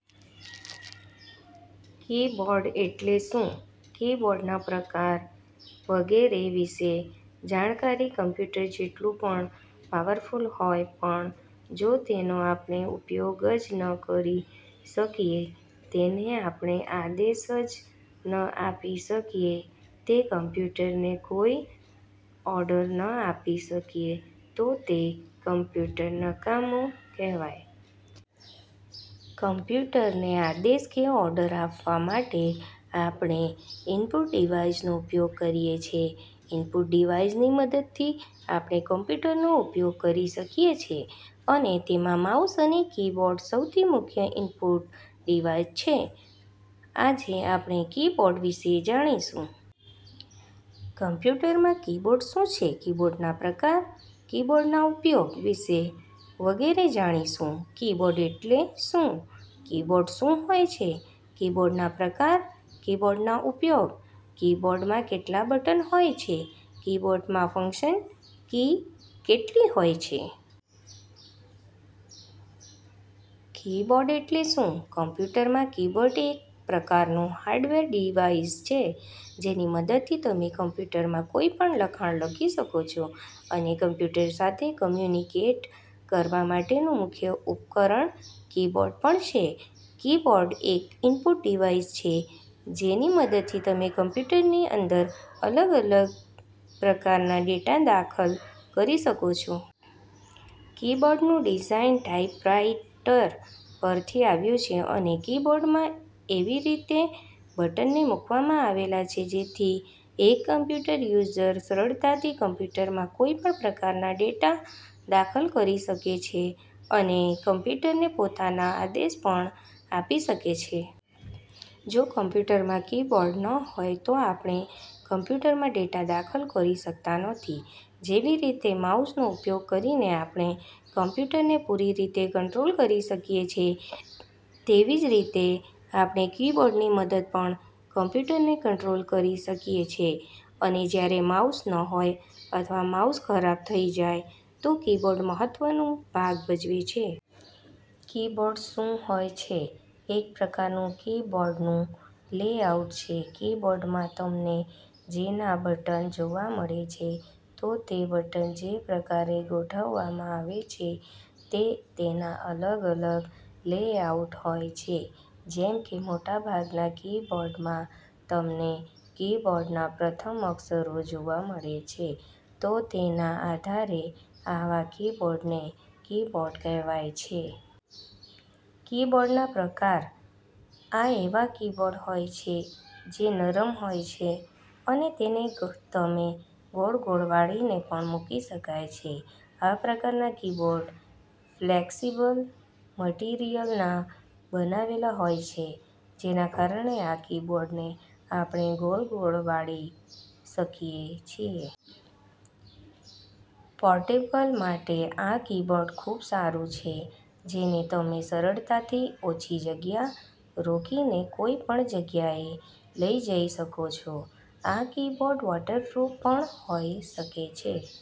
Keyboard એટલે શું? કીબોર્ડના પ્રકાર વગેરે વિશે જાણકારી કમ્પ્યુટર જેટલું પણ પાવરફુલ હોય પણ જો તેનો આપણે ઉપયોગ જ ન કરી શકીએ, તેને આપણે આદેશ જ ન આપી શકીએ, તે કમ્પ્યુટરને કોઈ ઓર્ડર ન આપી શકીએ તો તે કમ્પ્યુટર નકામું કહેવાય. કમ્પ્યુટરને આદેશ કે ઓર્ડર આપવા માટે આપણે ઈનપુટ ડિવાઇસનો ઉપયોગ કરીએ છે. ઈનપુટ ડિવાઇસની મદદથી આપણે કમ્પ્યુટરનો ઉપયોગ કરી શકીએ છે અને તેમાં માઉસ અને કીબોર્ડ સૌથી મુખ્ય ઈનપુટ ડિવાઇસ છે. આજે આપણે કીબોર્ડ વિશે જાણીશું. કમ્પ્યુટરમાં કીબોર્ડ શું છે? કીબોર્ડના પ્રકાર, કીબોર્ડના ઉપયોગ વિશે વગેરે જાણીશું. કીબોર્ડ એટલે શું? કીબોર્ડ શું હોય છે? કીબોર્ડના પ્રકાર, કીબોર્ડના ઉપયોગ, કીબોર્ડમાં કેટલા બટન હોય છે? કીબોર્ડમાં ફંક્શન કી કેટલી હોય છે? કીબોર્ડ એટલે શું? કમ્પ્યુટરમાં કીબોર્ડ એક પ્રકારનું હાર્ડવેર ડિવાઇસ છે જેની મદદથી તમે કમ્પ્યુટરમાં કોઈ પણ લખાણ લખી શકો છો અને કમ્પ્યુટર સાથે કમ્યુનિકેટ કરવા માટેનું મુખ્ય ઉપકરણ કી-બોર્ડ પણ છે. કીબોર્ડ એક ઈનપુટ ડિવાઇસ છે જેની મદદથી તમે કમ્પ્યુટરની અંદર અલગ અલગ પ્રકારના ડેટા દાખલ કરી શકો છો. કીબોર્ડનું ડિઝાઇન ટાઈપરાઈટર પરથી આવ્યું છે અને કીબોર્ડમાં એવી રીતે બટનને મૂકવામાં આવેલા છે જેથી એક કમ્પ્યૂટર યુઝર સરળતાથી કમ્પ્યુટરમાં કોઈપણ પ્રકારના ડેટા દાખલ કરી શકે છે અને કમ્પ્યુટરને પોતાના આદેશ પણ આપી શકે છે. જો કમ્પ્યુટરમાં કીબોર્ડ ન હોય તો આપણે કમ્પ્યૂટરમાં ડેટા દાખલ કરી શકતા નથી. જેવી રીતે માઉસનો ઉપયોગ કરીને આપણે કમ્પ્યૂટરને પૂરી રીતે કંટ્રોલ કરી શકીએ છે તેવી જ રીતે આપણે કીબોર્ડની મદદ પણ કમ્પ્યુટરને કંટ્રોલ કરી શકીએ છે અને જ્યારે માઉસ ન હોય અથવા માઉસ ખરાબ થઈ જાય તો કીબોર્ડ મહત્વનું ભાગ ભજવે છે. કીબોર્ડ શું હોય છે? એક પ્રકારનું કીબોર્ડનું લેઆઉટ છે. કીબોર્ડમાં તમને જે ના બટન જોવા મળે છે તો તે બટન જે પ્રકારે ગોઠવવામાં આવે છે તે તેના અલગ-અલગ લેઆઉટ હોય છે. જેમ કે મોટા ભાગના કીબોર્ડમાં તમને કીબોર્ડના પ્રથમ અક્ષરો જોવા મળે છે તો તેના આધારે આવા કીબોર્ડને કીબોર્ડ કહેવાય છે. કીબોર્ડના પ્રકાર. આ એવા કીબોર્ડ હોય છે જે નરમ હોય છે અને તેને તમે ગોળ-ગોળ વાળીને પણ મૂકી શકાય છે. આ પ્રકારના કીબોર્ડ ફ્લેક્સિબલ મટિરિયલના બનાવેલા હોય છે જેના કારણે આ કીબોર્ડને આપણે ગોળ-ગોળ વાળી શકીએ છીએ. પોર્ટેબલ માટે આ કીબોર્ડ ખૂબ સારું છે જેને તમે સરળતાથી ઓછી જગ્યા રોકીને કોઈ પણ જગ્યાએ લઈ જઈ શકો છો. આ કીબોર્ડ વોટરપ્રૂફ પણ હોય શકે છે.